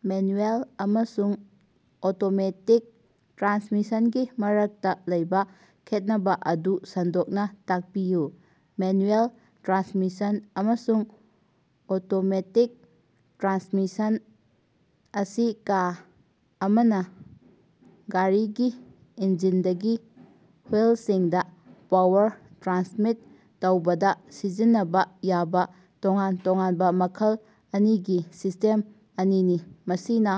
Manual ꯑꯃꯁꯨꯡ automatic ꯇ꯭ꯔꯥꯟꯁꯃꯤꯁꯟꯒꯤ ꯃꯔꯛꯇ ꯂꯩꯕ ꯈꯦꯠꯅꯕ ꯑꯗꯨ ꯁꯟꯗꯣꯛꯅ ꯇꯥꯛꯄꯤꯌꯨ꯫ ꯃꯦꯅꯨꯑꯦꯜ ꯇ꯭ꯔꯥꯟꯁꯃꯤꯁꯟ ꯑꯃꯁꯨꯡ ꯑꯣꯇꯣꯃꯦꯇꯤꯛ ꯇ꯭ꯔꯥꯟꯁꯃꯤꯁꯟ ꯑꯁꯤ ꯀꯥ ꯑꯃꯅꯥ ꯒꯥꯔꯤꯒꯤ ꯏꯟꯖꯤꯟꯗꯒꯤ ꯍꯨꯏꯁꯤꯡꯗ ꯄꯥꯋꯔ ꯇ꯭ꯔꯥꯟꯁꯃꯤꯠ ꯇꯧꯕꯗ ꯁꯤꯖꯤꯟꯅꯕ ꯌꯥꯕꯥ ꯇꯣꯉꯥꯟ ꯇꯣꯉꯥꯟꯕꯥ ꯃꯈꯜ ꯑꯅꯤꯒꯤ ꯁꯤꯁ꯭ꯇꯦꯝ ꯑꯅꯤꯅꯤ, ꯃꯁꯤꯅ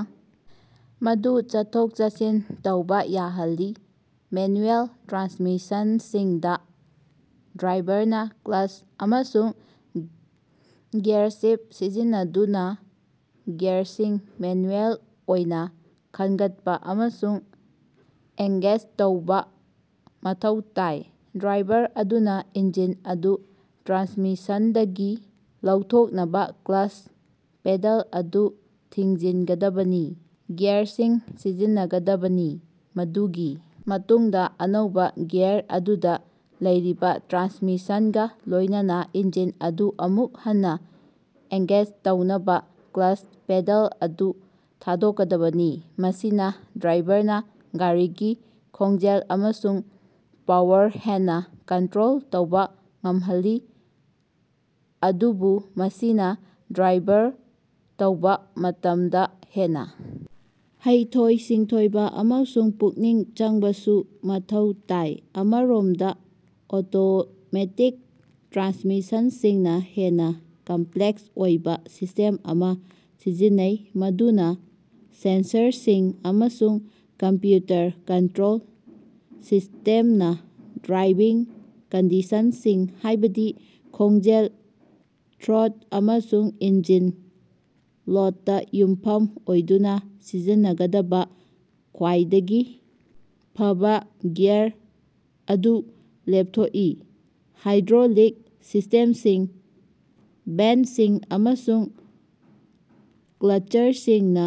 ꯃꯗꯨ ꯆꯠꯊꯣꯛ-ꯆꯠꯁꯤꯟ ꯇꯧꯕꯥ ꯌꯥꯍꯜꯂꯤ꯫ ꯃꯦꯅꯨꯑꯦꯜ ꯇ꯭ꯔꯥꯟꯁꯃꯤꯁꯟꯁꯤꯡꯗ ꯗ꯭ꯔꯥꯏꯚꯔꯅ ꯀ꯭ꯂꯆ ꯑꯃꯁꯨꯡ ꯒꯤꯌꯥꯔꯁꯤꯐꯠ ꯁꯤꯖꯤꯟꯅꯗꯨꯅ ꯒꯤꯌꯥꯔꯁꯤꯡ ꯃꯦꯅꯨꯑꯦꯜ ꯑꯣꯏꯅ ꯈꯟꯒꯠꯄꯥ ꯑꯃꯁꯨꯡ ꯑꯦꯡꯒꯦꯖ ꯇꯧꯕ ꯃꯊꯧ ꯇꯥꯏ꯫ ꯗ꯭ꯔꯥꯏꯚꯔ ꯑꯗꯨꯅ ꯏꯟꯖꯤꯟ ꯑꯗꯨ ꯇ꯭ꯔꯥꯟꯁꯃꯤꯁꯟꯗꯒꯤ ꯂꯧꯊꯣꯛꯅꯕ ꯀ꯭ꯂꯆ ꯄꯦꯗꯜ ꯑꯗꯨ ꯊꯤꯡꯖꯤꯟꯒꯗꯕꯅꯤ, ꯒꯤꯌꯥꯔꯁꯤꯡ ꯁꯤꯖꯤꯟꯅꯒꯗꯕꯅꯤ, ꯃꯗꯨꯒꯤ ꯃꯇꯨꯡꯗ ꯑꯅꯧꯕ ꯒꯤꯌꯥꯔ ꯑꯗꯨꯗ ꯂꯩꯔꯤꯕꯥ ꯇ꯭ꯔꯥꯟꯁꯃꯤꯁꯟꯒ ꯂꯣꯏꯅꯅꯥ ꯏꯟꯖꯤꯟ ꯑꯗꯨ ꯑꯃꯨꯛ ꯍꯟꯅ ꯑꯦꯡꯒꯦꯖ ꯇꯧꯅꯕ ꯀ꯭ꯂꯆ ꯄꯦꯗꯜ ꯑꯗꯨ ꯊꯥꯗꯣꯛꯀꯗꯕꯅꯤ꯫ ꯃꯁꯤꯅ ꯗ꯭ꯔꯥꯏꯚꯔꯅ ꯒꯥꯔꯤꯒꯤ ꯈꯣꯡꯖꯦꯜ ꯑꯃꯁꯨꯡ ꯄꯥꯋꯔꯗ ꯍꯦꯟꯅ ꯀꯟꯇꯔꯣꯜ ꯇꯧꯕ ꯉꯝꯍꯜꯂꯤ, ꯑꯗꯨꯕꯨ ꯃꯁꯤꯅ ꯗ꯭ꯔꯥꯏꯚꯔ ꯇꯧꯕ ꯃꯇꯝꯗꯥ ꯍꯦꯟꯅ ꯍꯩꯊꯣꯏ-ꯁꯤꯡꯊꯣꯏꯕ ꯑꯃꯁꯨꯡ ꯄꯨꯛꯅꯤꯡ ꯆꯪꯕꯁꯨ ꯃꯊꯧ ꯇꯥꯏ꯫ ꯑꯃꯔꯣꯝꯗꯥ, ꯑꯣꯇꯣꯃꯦꯇꯤꯛ ꯇ꯭ꯔꯥꯟꯁꯃꯤꯁꯟꯁꯤꯡꯅꯥ ꯍꯦꯟꯅ ꯀꯝꯄꯂꯦꯛꯁ ꯑꯣꯏꯕ ꯁꯤꯁ꯭ꯇꯦꯝ ꯑꯃꯥ ꯁꯤꯖꯤꯟꯅꯩ ꯃꯗꯨꯗ ꯁꯦꯟꯁꯔꯁꯤꯡ ꯑꯃꯁꯨꯡ ꯀꯝꯄꯌꯨꯇꯔ ꯀꯟꯇꯔꯣꯜ ꯁꯤꯁ꯭ꯇꯦꯝꯅꯥ ꯗ꯭ꯔꯥꯏꯚꯤꯡ ꯀꯟꯗꯤꯁꯟꯁꯤꯡ, ꯍꯥꯏꯕꯗꯤ ꯈꯣꯡꯖꯦꯜ, ꯊ꯭ꯔꯣꯠ ꯑꯃꯁꯨꯡ ꯏꯟꯖꯤꯟ ꯂꯣꯗꯇꯥ ꯌꯨꯝꯐꯝ ꯑꯣꯏꯗꯨꯅ ꯁꯤꯖꯤꯟꯅꯒꯗꯕ ꯈ꯭ꯋꯥꯏꯗꯒꯤ ꯐꯕꯥ ꯒꯤꯌꯥꯔ ꯑꯗꯨ ꯂꯦꯞꯊꯣꯛꯏ꯫ ꯍꯥꯏꯗ꯭ꯔꯣꯂꯤꯛ ꯁꯤꯁ꯭ꯇꯦꯝꯁꯤꯡ, ꯕꯦꯟꯗꯁꯤꯡ ꯑꯃꯁꯨꯡ ꯀ꯭ꯂꯆꯔꯁꯤꯡꯅ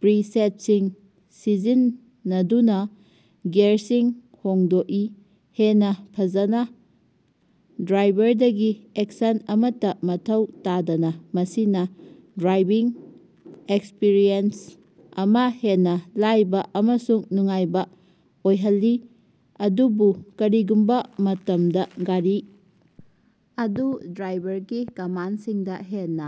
ꯄ꯭ꯔꯤꯁꯦꯠꯁꯤꯡ ꯁꯤꯖꯤꯟꯅꯗꯨꯅ ꯒꯤꯌꯔꯁꯤꯡ ꯍꯣꯡꯗꯣꯛꯏ, ꯍꯦꯟꯅ ꯐꯖꯅ, ꯗ꯭ꯔꯥꯏꯚꯔꯗꯒꯤ ꯑꯦꯛꯁꯟ ꯑꯃꯠꯇ ꯃꯊꯧ ꯇꯥꯗꯅ꯫ ꯃꯁꯤꯅꯥ ꯗ꯭ꯔꯥꯏꯚꯤꯡ ꯑꯦꯛꯁꯄꯤꯔꯤꯑꯦꯟꯁ ꯑꯃꯥ ꯍꯦꯟꯅ ꯂꯥꯏꯕ ꯑꯃꯁꯨꯡ ꯅꯨꯡꯉꯥꯏꯕ ꯑꯣꯏꯍꯜꯂꯤ, ꯑꯗꯨꯕꯨ ꯀꯔꯤꯒꯨꯝꯕ ꯃꯇꯝꯗꯥ ꯒꯥꯔꯤ ꯑꯗꯨ ꯗ꯭ꯔꯥꯏꯚꯔꯒꯤ ꯀꯃꯥꯟꯗꯁꯤꯡꯗ ꯍꯦꯟꯅ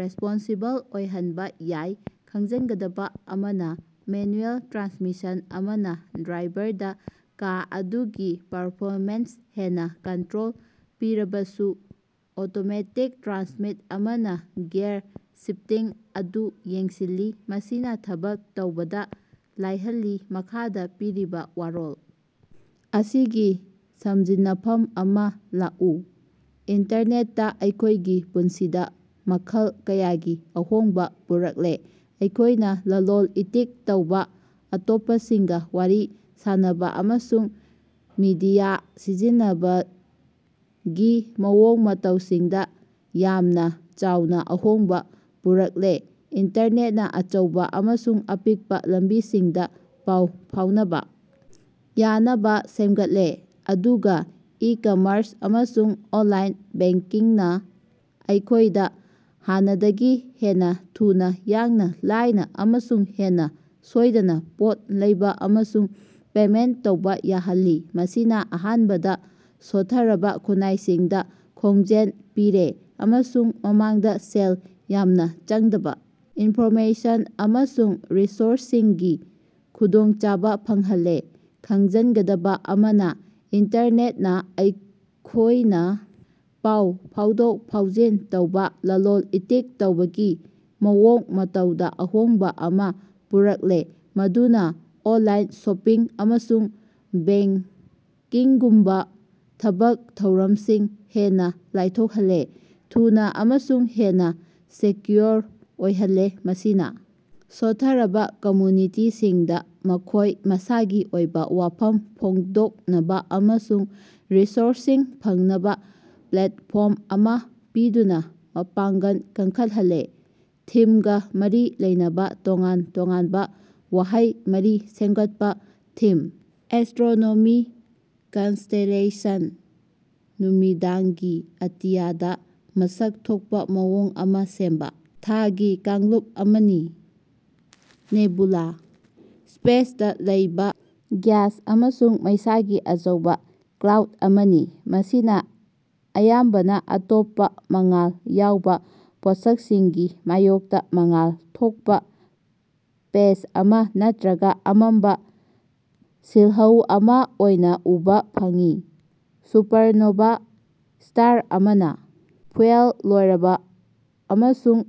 ꯔꯦꯁ꯭ꯄꯣꯟꯁꯤꯕꯜ ꯑꯣꯏꯍꯟꯕ ꯌꯥꯏ꯫ ꯈꯪꯖꯤꯟꯒꯗꯕꯥ ꯑꯃꯅꯥ, ꯃꯦꯅꯨꯑꯦꯜ ꯇ꯭ꯔꯥꯟꯁꯃꯤꯁꯟ ꯑꯃꯅꯥ ꯗ꯭ꯔꯥꯏꯚꯔꯗꯥ ꯀꯥ ꯑꯗꯨꯒꯤ ꯄꯔꯐꯣꯃꯦꯟꯁꯇꯥ ꯍꯦꯟꯅꯥ ꯀꯟꯇꯔꯣꯜ ꯄꯤꯔꯕꯁꯨ, ꯑꯣꯇꯣꯃꯦꯇꯤꯛ ꯇ꯭ꯔꯥꯟꯁꯃꯤꯁꯟ ꯑꯃꯅꯥ ꯒꯤꯌꯔ ꯁꯤꯐꯇꯤꯡ ꯑꯗꯨ ꯌꯦꯡꯁꯤꯜꯂꯤ, ꯃꯁꯤꯅꯥ ꯊꯕꯛ ꯇꯧꯕꯗ ꯂꯥꯏꯍꯜꯂꯤ꯫ ꯃꯈꯥꯗꯥ ꯄꯤꯔꯤꯕ ꯋꯥꯔꯣꯜ ꯑꯁꯤꯒꯤ ꯁꯃꯖꯤꯟꯅꯐꯝ ꯑꯃꯥ ꯂꯥꯛꯎ꯫ ꯏꯟꯇꯔꯅꯦꯇꯅ ꯑꯩꯈꯣꯏꯒꯤ ꯄꯨꯟꯁꯤꯗꯥ ꯃꯈꯜ ꯀꯌꯥꯒꯤ ꯑꯍꯣꯡꯕ ꯄꯨꯔꯛꯂꯦ, ꯑꯩꯈꯣꯏꯅ ꯂꯂꯣꯟ-ꯏꯇꯤꯛ ꯇꯧꯕ, ꯑꯇꯣꯞꯄꯁꯤꯡꯒ ꯋꯥꯔꯤ ꯁꯥꯅꯕ ꯑꯃꯁꯨꯡ ꯃꯤꯗꯤꯌꯥ ꯁꯤꯖꯤꯟꯅꯕꯒꯤ ꯃꯑꯣꯡ ꯃꯇꯧꯁꯤꯡꯗ ꯌꯥꯝꯅ ꯆꯥꯎꯅ ꯑꯍꯣꯡꯕ ꯄꯨꯔꯛꯂꯦ꯫ ꯏꯟꯇꯔꯅꯦꯠꯅ ꯑꯆꯧꯕ ꯑꯃꯁꯨꯡ ꯑꯄꯤꯛꯄꯥ ꯂꯝꯕꯤꯁꯤꯡꯗ ꯄꯥꯎ ꯐꯥꯎꯅꯕ ꯌꯥꯅꯕ ꯁꯦꯝꯒꯠꯂꯦ, ꯑꯗꯨꯒ ꯏ-ꯀꯝꯃꯔꯁ ꯑꯃꯁꯨꯡ ꯑꯣꯟꯂꯥꯏꯟ ꯕꯦꯡꯀꯤꯡꯅꯥ ꯑꯩꯈꯣꯏꯗꯥ ꯍꯥꯟꯅꯗꯒꯤ ꯍꯦꯟꯅ ꯊꯨꯅꯥ, ꯌꯥꯝꯅ ꯂꯥꯏꯅ ꯑꯃꯁꯨꯡ ꯍꯦꯟꯅ ꯁꯣꯏꯗꯅ ꯄꯣꯠ ꯂꯩꯕꯥ ꯑꯃꯁꯨꯡ ꯄꯦꯃꯦꯟꯇ ꯇꯧꯕꯥ ꯌꯥꯍꯜꯂꯤ꯫ ꯃꯁꯤꯅ ꯍꯥꯟꯅꯒꯤ ꯁꯣꯠꯊꯔꯕ ꯈꯨꯟꯅꯥꯏꯁꯤꯡꯗ ꯈꯣꯟꯖꯦꯜ ꯄꯤꯔꯦ ꯑꯃꯁꯨꯡ ꯃꯃꯥꯡꯗ ꯁꯦꯜ ꯌꯥꯝꯅ ꯆꯪꯗꯕ ꯏꯟꯐꯣꯔꯃꯦꯁꯟ ꯑꯃꯁꯨꯡ ꯔꯤꯁꯣꯔꯁꯁꯤꯡꯒꯤ ꯈꯨꯗꯣꯡꯆꯥꯕ ꯐꯪꯍꯜꯂꯦ꯫ ꯈꯪꯖꯤꯟꯒꯗꯕ ꯑꯃꯅ, ꯏꯟꯇꯔꯅꯦꯠꯅꯥ ꯑꯩꯈꯣꯏꯅ ꯄꯥꯎ ꯐꯥꯎꯗꯣꯛ-ꯐꯥꯎꯖꯤꯟ ꯇꯧꯕ, ꯂꯂꯣꯟ-ꯏꯇꯤꯛ ꯇꯧꯕꯒꯤ ꯃꯑꯣꯡ-ꯃꯇꯧꯗ ꯑꯍꯣꯡꯕ ꯑꯃꯥ ꯄꯨꯔꯛꯂꯦ, ꯃꯗꯨꯅ ꯑꯣꯟꯂꯥꯏꯟ ꯁꯣꯄꯤꯡ ꯑꯃꯁꯨꯡ ꯕꯦꯡꯀꯤꯡꯒꯨꯝꯕ ꯊꯕꯛ ꯊꯧꯔꯝꯁꯤꯡ ꯍꯦꯟꯅ ꯂꯥꯏꯊꯣꯛꯍꯜꯂꯦ, ꯊꯨꯅꯥ ꯑꯃꯁꯨꯡ ꯍꯦꯟꯅ ꯁꯦꯀꯌꯨꯑꯣꯔ ꯑꯣꯏꯍꯜꯂꯦ꯫ ꯃꯁꯤꯅ ꯁꯣꯠꯊꯔꯕꯥ ꯀꯃꯌꯨꯅꯤꯇꯤꯁꯤꯡꯗ ꯃꯈꯣꯏ ꯃꯁꯥꯒꯤ ꯑꯣꯏꯕ ꯋꯥꯐꯝ ꯐꯣꯡꯗꯣꯛꯅꯕ ꯑꯃꯁꯨꯡ ꯔꯤꯁꯣꯔꯁꯁꯤꯡ ꯐꯪꯅꯕ ꯄ꯭ꯂꯦꯠꯐꯣꯔꯝ ꯑꯃꯥ ꯄꯤꯗꯨꯅ ꯃꯄꯥꯉꯡꯒꯜ ꯀꯟꯈꯠꯍꯜꯂꯦ꯫ ꯊꯤꯝꯒ ꯃꯔꯤ ꯂꯩꯅꯕ ꯇꯣꯉꯥꯟ ꯇꯣꯉꯥꯟꯕꯥ ꯋꯥꯍꯩ ꯃꯔꯤ ꯁꯦꯝꯒꯠꯄꯥ꯫ ꯊꯤꯝ: ꯑꯦꯁ꯭ꯇꯔꯣꯅꯣꯃꯤ ꯀꯟꯁꯇꯦꯂꯦꯁꯟ: ꯅꯨꯃꯤꯗꯥꯡꯒꯤ ꯑꯇꯤꯌꯥꯗꯥ ꯃꯁꯛ ꯊꯣꯛꯄꯥ ꯃꯑꯣꯡ ꯑꯃꯥ ꯁꯦꯝꯕꯥ ꯊꯥꯒꯤ ꯀꯥꯡꯂꯨꯞ ꯑꯃꯅꯤ꯫ ꯅꯦꯕꯨꯂꯥ: ꯁ꯭ꯄꯦꯁꯇꯥ ꯂꯩꯕꯥ ꯒ꯭ꯌꯥꯁ ꯑꯃꯁꯨꯡ ꯃꯩꯁꯥꯒꯤ ꯑꯆꯧꯕ ꯀ꯭ꯂꯥꯎꯗ ꯑꯃꯅꯤ, ꯃꯁꯤ ꯑꯌꯥꯝꯕꯅ ꯑꯇꯣꯞꯄ ꯃꯉꯥꯜ ꯌꯥꯎꯕ ꯄꯣꯠꯁꯛꯁꯤꯡꯒꯤ ꯃꯥꯌꯣꯛꯇ ꯃꯉꯥꯜ ꯊꯣꯛꯄ ꯄꯦꯆ ꯑꯃꯥ ꯅꯠꯇꯔꯒ ꯑꯃꯝꯕ ꯁꯤꯜꯍꯧ ꯑꯃ ꯑꯣꯏꯅ ꯎꯕꯥ ꯐꯪꯏ꯫ ꯁꯨꯄꯔꯅꯣꯚꯥ: ꯁ꯭ꯇꯥꯔ ꯑꯃꯅ ꯐ꯭ꯌꯨꯑꯦꯜ ꯂꯣꯏꯔꯕ ꯑꯃꯁꯨꯡ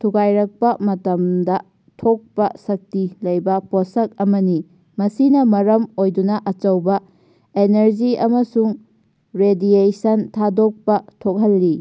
ꯊꯨꯒꯥꯏꯔꯛꯄꯥ ꯃꯇꯝꯗ ꯊꯣꯛꯄꯥ ꯁꯛꯇꯤ ꯂꯩꯕꯥ ꯄꯣꯠꯁꯛ ꯑꯃꯅꯤ, ꯃꯁꯤꯅ ꯃꯔꯝ ꯑꯣꯏꯗꯨꯅ ꯑꯆꯧꯕ ꯑꯦꯅꯔꯖꯤ ꯑꯃꯁꯨꯡ ꯔꯦꯗꯤꯑꯦꯁꯟ ꯊꯥꯗꯣꯛꯄꯥ ꯊꯣꯛꯍꯜꯂꯤ꯫